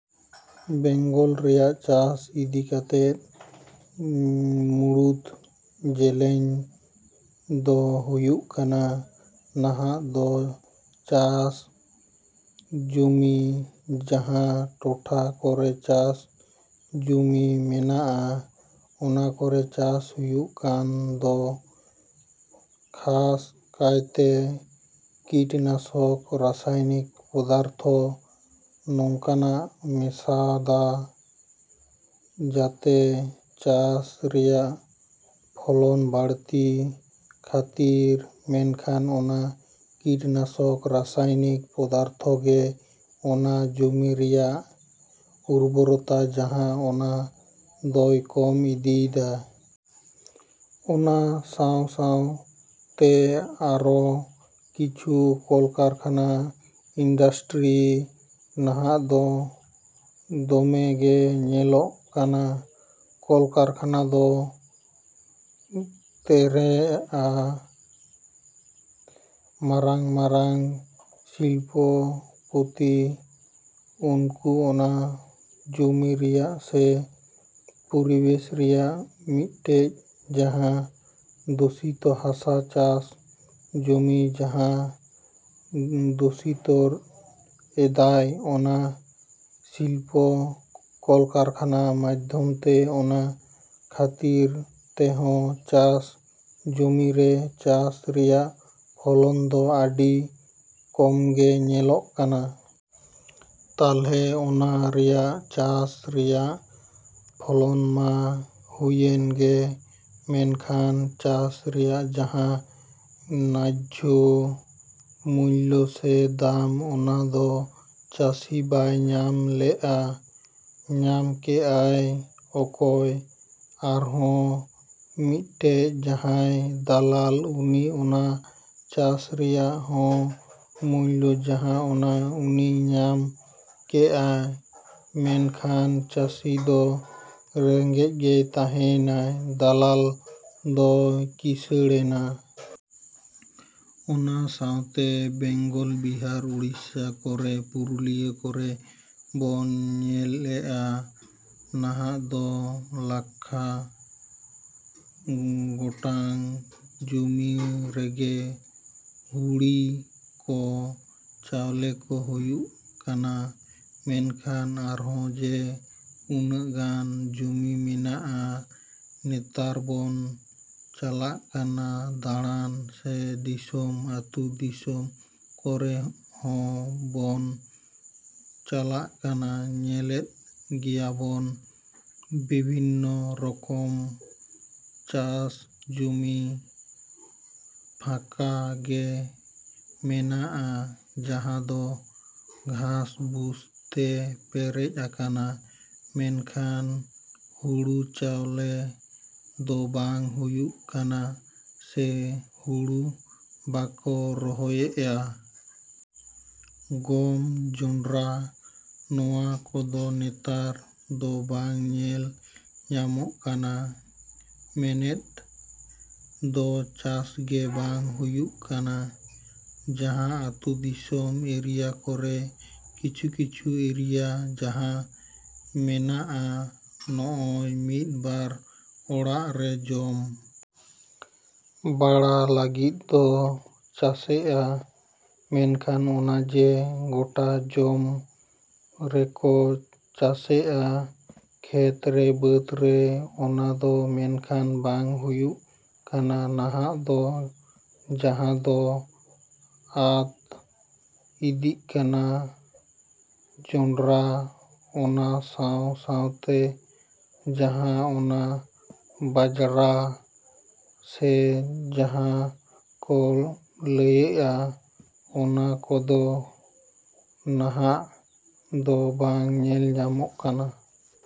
ᱵᱮᱝᱜᱚᱞ ᱨᱮᱭᱟᱜ ᱪᱟᱥ ᱤᱫᱤ ᱠᱟᱛᱮᱫ ᱢᱩᱲᱩᱫ ᱪᱮᱞᱮᱧᱡ ᱫᱚ ᱦᱩᱭᱩᱜ ᱠᱟᱱᱟ ᱱᱟᱦᱟᱜ ᱫᱚ ᱪᱟᱥ ᱡᱚᱢᱤ ᱡᱟᱦᱟᱸ ᱴᱚᱴᱷᱟ ᱠᱚᱨᱮ ᱪᱟᱥ ᱡᱩᱢᱤ ᱢᱮᱱᱟᱜᱼᱟ ᱚᱱᱟ ᱠᱚᱨᱮ ᱪᱟᱥ ᱦᱩᱭᱩᱜ ᱠᱟᱱ ᱫᱚ ᱠᱷᱟᱥ ᱠᱟᱭᱛᱮ ᱠᱤᱴᱱᱟᱥᱚᱠ ᱨᱟᱥᱟᱭᱚᱱᱤᱠ ᱯᱚᱫᱟᱨᱛᱷᱚ ᱱᱚᱜᱱᱟᱠᱚ ᱢᱮᱥᱟᱭᱮᱫᱟ ᱡᱟᱛᱮ ᱪᱟᱥ ᱨᱮᱭᱟᱜ ᱯᱷᱚᱞᱚᱱ ᱵᱟᱹᱲᱛᱤ ᱠᱷᱟᱹᱛᱤᱨ ᱢᱮᱱᱠᱷᱟᱱ ᱚᱱᱟ ᱠᱤᱴᱱᱟᱥᱚᱠ ᱨᱟᱥᱟᱭᱚᱱᱤᱠ ᱯᱚᱫᱟᱨᱛᱷᱚ ᱜᱮ ᱚᱱᱟ ᱡᱚᱢᱤ ᱨᱮᱭᱟᱜ ᱩᱨᱵᱚᱨᱛᱟ ᱡᱟᱦᱟᱸ ᱚᱱᱟ ᱫᱚᱭ ᱠᱚᱢ ᱤᱫᱤᱭᱮᱫᱟ᱾ ᱚᱱᱟ ᱥᱟᱶ ᱥᱟᱶᱛᱮ ᱟᱨᱚ ᱥᱤᱞᱯᱚ ᱠᱚᱞᱠᱟᱨᱠᱷᱟᱱᱟ ᱤᱱᱰᱟᱥᱴᱨᱤ ᱱᱟᱦᱟᱜ ᱫᱚ ᱫᱚᱢᱮ ᱜᱮ ᱧᱮᱞᱚᱜ ᱠᱟᱱᱟ ᱠᱚᱞᱠᱟᱨᱠᱷᱟᱱᱟ ᱠᱚ ᱛᱮᱭᱨᱮᱜᱼᱟ ᱢᱟᱨᱟᱝ ᱢᱟᱨᱟᱝ ᱥᱤᱞᱯᱚ ᱯᱚᱛᱤ ᱩᱱᱠᱩ ᱚᱱᱟ ᱡᱚᱢᱤ ᱨᱮᱭᱟ ᱥᱮ ᱯᱚᱨᱤᱵᱮᱥ ᱨᱮᱭᱟᱜ ᱢᱤᱫᱴᱮᱱ ᱡᱟᱦᱟᱸ ᱫᱩᱥᱤᱛᱳ ᱦᱟᱥᱟ ᱪᱟᱥ ᱡᱚᱢᱤ ᱡᱟᱦᱟᱸ ᱫᱩᱥᱤᱛᱳ ᱮᱫᱟᱭ ᱚᱱᱟ ᱥᱤᱞᱯᱳ ᱠᱚᱞᱠᱟᱨᱠᱷᱟᱱᱟ ᱢᱟᱫᱷᱚᱢ ᱛᱮ ᱚᱱᱟ ᱠᱷᱟᱹᱛᱤᱨ ᱛᱮᱦᱚᱸ ᱪᱟᱥ ᱡᱚᱢᱤ ᱨᱮ ᱪᱟᱥ ᱨᱮᱭᱟᱜ ᱯᱷᱚᱞᱚᱱ ᱫᱚ ᱟᱹᱰᱤ ᱠᱚᱢᱜᱮ ᱧᱮᱞᱚᱜ ᱠᱟᱱᱟ᱾ ᱛᱟᱦᱚᱞᱮ ᱚᱱᱟ ᱨᱮᱭᱟᱜ ᱪᱟᱥ ᱨᱮᱭᱟᱜ ᱯᱷᱚᱞᱚᱱ ᱢᱟ ᱦᱩᱭᱮᱱ ᱜᱮ ᱢᱮᱱᱠᱷᱟᱱ ᱪᱟᱥ ᱨᱮᱭᱟᱜ ᱡᱟᱦᱟᱸ ᱱᱮᱡᱷᱭᱚ ᱢᱩᱞᱞᱚ ᱥᱮ ᱫᱟᱢ ᱚᱱᱟ ᱫᱚ ᱪᱟᱹᱥᱤ ᱵᱟᱭ ᱧᱟᱢ ᱞᱮᱜᱼᱟ᱾ ᱧᱟᱢ ᱠᱮᱜ ᱟᱭ ᱚᱠᱚᱭ ᱟᱨᱚᱦᱚᱸ ᱢᱤᱫᱴᱮᱡ ᱡᱟᱦᱟᱭ ᱫᱟᱞᱟᱞ ᱩᱱᱤ ᱚᱱᱟ ᱪᱟᱥ ᱨᱮᱭᱟᱜ ᱦᱚᱸ ᱢᱩᱞᱞᱚ ᱡᱟᱦᱟᱸ ᱚᱱᱟ ᱩᱱᱤᱭ ᱧᱟᱢ ᱠᱮᱜᱼᱟ ᱢᱮᱱ ᱠᱷᱟᱱ ᱪᱟᱹᱥᱤ ᱫᱚ ᱨᱮᱜᱮᱡ ᱜᱮᱭ ᱛᱟᱦᱮᱸᱭᱮᱱᱟ ᱫᱟᱞᱟᱞ ᱫᱚ ᱠᱤᱥᱟᱹᱲ ᱮᱱᱟ᱾ ᱚᱱᱟ ᱥᱟᱶᱛᱮ ᱵᱮᱝᱜᱚᱞ ᱵᱤᱦᱟᱨ ᱳᱲᱤᱥᱟ ᱠᱚᱨᱮ ᱯᱩᱨᱩᱞᱤᱭᱟ ᱠᱚᱨᱮ ᱵᱚᱱ ᱧᱮᱞᱮᱜᱼᱟ ᱱᱟᱦᱟᱜ ᱫᱚ ᱞᱟᱠᱷᱟ ᱜᱚᱴᱟᱝ ᱡᱚᱢᱤ ᱨᱮᱜᱮ ᱦᱩᱲᱤ ᱠᱚ ᱪᱟᱣᱞᱮ ᱠᱚ ᱦᱩᱭᱩᱜ ᱠᱟᱱᱟ ᱢᱮᱱᱠᱷᱟᱱ ᱟᱨᱦᱚᱸ ᱡᱮ ᱩᱱᱟᱹᱜ ᱜᱟᱱ ᱡᱚᱢᱤ ᱢᱮᱱᱟᱜᱼᱟ ᱱᱮᱛᱟᱨ ᱵᱚᱱ ᱪᱟᱞᱟᱜ ᱠᱟᱱᱟ ᱫᱟᱲᱟᱱ ᱥᱮ ᱫᱤᱥᱚᱢ ᱟᱛᱩ ᱫᱤᱥᱚᱢ ᱠᱚᱨᱮ ᱦᱚᱸ ᱵᱚᱱ ᱪᱟᱞᱟᱜ ᱠᱟᱱᱟ ᱧᱮᱞᱮᱫ ᱜᱮᱭᱟ ᱵᱚᱱ ᱵᱤᱵᱷᱤᱱᱚ ᱨᱚᱠᱚᱢ ᱪᱟᱥ ᱡᱩᱢᱤ ᱯᱷᱟᱠᱟ ᱜᱮ ᱢᱮᱱᱟᱜᱼᱟ ᱡᱟᱦᱟᱸ ᱫᱚ ᱜᱷᱟᱥ ᱵᱩᱥ ᱛᱮ ᱯᱮᱨᱮᱡ ᱟᱠᱟᱱᱟ ᱢᱮᱱᱠᱷᱟᱱ ᱦᱩᱲᱩ ᱪᱟᱣᱞᱮ ᱫᱚ ᱵᱟᱝ ᱦᱩᱭᱩᱜ ᱠᱟᱱᱟ ᱥᱮ ᱦᱩᱲᱩ ᱵᱟᱠᱚ ᱨᱚᱦᱚᱭᱮᱜᱼᱟ᱾ ᱜᱚᱢ ᱡᱚᱸᱰᱨᱟ ᱱᱚᱣᱟ ᱠᱚᱫᱚ ᱱᱮᱛᱟᱨ ᱫᱚ ᱵᱟᱝ ᱧᱮᱞ ᱧᱟᱢᱚᱜ ᱠᱟᱱᱟ ᱢᱮᱱᱮᱫ ᱫᱚ ᱪᱟᱥ ᱜᱮ ᱵᱟᱝ ᱦᱩᱭᱩᱜ ᱠᱟᱱᱟ ᱡᱟᱦᱟᱸ ᱟᱛᱳ ᱫᱤᱥᱚᱢ ᱮᱨᱤᱭᱟ ᱠᱚᱨᱮ ᱠᱤᱪᱷᱩ ᱠᱤᱪᱷᱩ ᱮᱨᱤᱭᱟ ᱡᱟᱦᱟᱸ ᱢᱮᱱᱟᱜᱼᱟ ᱱᱚᱜᱼᱚᱭ ᱢᱤᱫ ᱵᱟᱨ ᱚᱲᱟᱜ ᱨᱮ ᱡᱚᱢ ᱵᱟᱲᱟ ᱞᱟᱹᱜᱤᱫ ᱠᱚ ᱪᱟᱥᱮᱜᱼᱟ ᱢᱮᱱᱠᱷᱟᱱ ᱚᱱᱟ ᱡᱮ ᱜᱚᱴᱟ ᱡᱚᱢᱚ ᱨᱮᱠᱚ ᱪᱟᱥᱮᱜᱼᱟ ᱠᱷᱮᱛ ᱨᱮ ᱵᱟᱹᱫ ᱨᱮ ᱚᱱᱟ ᱫᱚ ᱢᱮᱱᱠᱷᱟᱱ ᱵᱟᱝ ᱦᱩᱭᱩᱜ ᱠᱟᱱᱟ ᱱᱟᱦᱟᱜ ᱫᱚ ᱡᱟᱦᱟᱸ ᱫᱚ ᱟᱫ ᱤᱫᱤᱜ ᱠᱟᱱᱟ ᱡᱚᱸᱰᱨᱟ ᱚᱱᱟ ᱥᱟᱶ ᱥᱟᱶᱛᱮ ᱡᱟᱦᱟᱸ ᱚᱱᱟ ᱵᱟᱡᱽᱨᱟ ᱥᱮ ᱡᱟᱦᱟᱸ ᱠᱚ ᱞᱟᱹᱭᱮᱜᱼᱟ ᱚᱱᱟ ᱠᱚᱫᱚ ᱱᱟᱦᱟᱜ ᱫᱚ ᱵᱟᱝ ᱧᱮᱞ ᱧᱟᱢᱚᱜ ᱠᱟᱱᱟ᱾